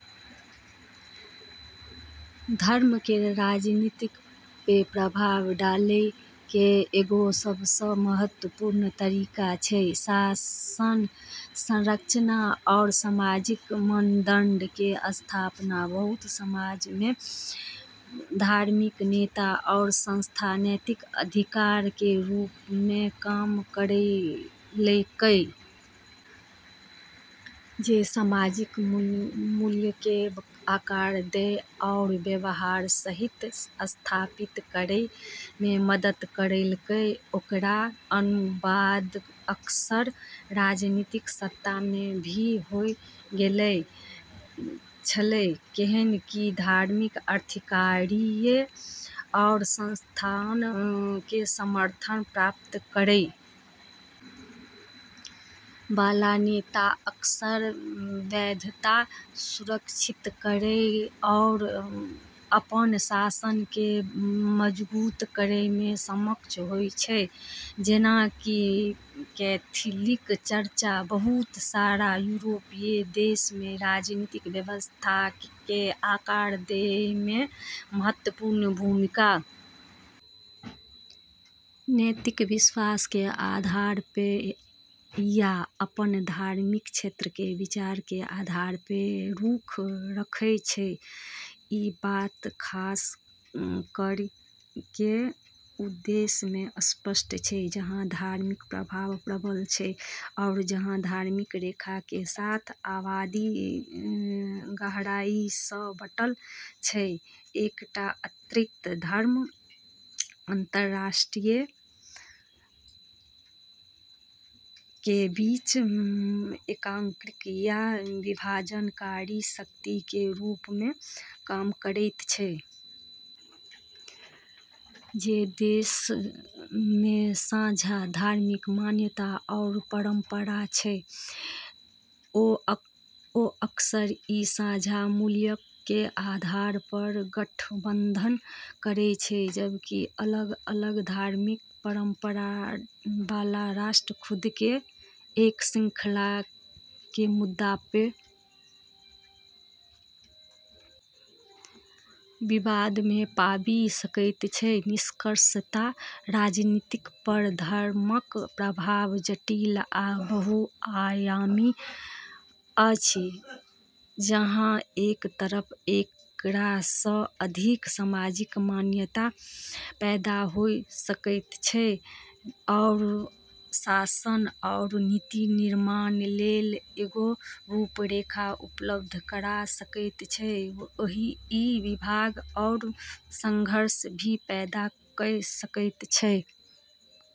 धर्म केरऽ राजनीति पे प्रभाव डालै के एगो सबसें महत्वपूर्ण तरीका छै शासन संरचना आरू सामाजिक मानदंडऽ के स्थापना बहुत समाजऽ मे धार्मिक नेता आरू संस्था नैतिक अधिकार के रूप मे काम करलकै जे सामाजिक मूल्यऽ के आकार दै आरू व्यवहार संहिता स्थापित करै मे मदद करलकै, एकरऽ अनुवाद अक्सर राजनीतिक सत्ता मे भी होय गेलऽ छै, कैन्हेंकि धार्मिक अधिकारियऽ आरू संस्थानऽ के समर्थन प्राप्त करै वाला नेता अक्सर वैधता सुरक्षित करै आरू अपनऽ शासन के मजबूत करै मे सक्षम होय छै जेना कि कैथोलिक चर्च बहुत सारा यूरोपीय देशऽ मे राजनीतिक व्यवस्था के आकार दै मे महत्वपूर्ण भूमिका नैतिक विश्वास के आधार पे या अपनऽ धार्मिक क्षेत्र के विचार के आधार पे रुख रखै छै, ई बात खास करी के उ देशऽ मे स्पष्ट छै, जहां धार्मिक प्रभाव प्रबल छै आरू जहाँ धार्मिक रेखा के साथ आबादी गहराई से बंटलऽ छै, एकरऽ अतिरिक्त, धर्म अंतर्राष्ट्रीय संबंधऽ मे महत्वपूर्ण भूमिका निभैले छै जे अक्सर राष्ट्रऽ के बीच एकीकरण या विभाजनकारी शक्ति के रूप म॑ काम करै छै। जे देशऽ मे साझा धार्मिक मान्यता आरू परंपरा छै, उ अक्सर ई साझा मूल्यऽ के आधार पे गठबंधन करै छै, जबकि अलग-अलग धार्मिक परंपरा वाला राष्ट्र खुद के एक श्रृंखला के मुद्दा पे विवाद मे पाबी सकै छै, निष्कर्षतः राजनीति पर धर्मक प्रभाव जटिल आ बहुआयामी अछि, जहाँ एक तरफ एकरा से अधिक सामाजिक समन्वय पैदा होय सकै छै आरू शासन आरू नीति निर्माण लेली एगो रूपरेखा उपलब्ध कराय सकै छै, वहीं ई विभाजन आरू संघर्ष भी पैदा करी सकै छै।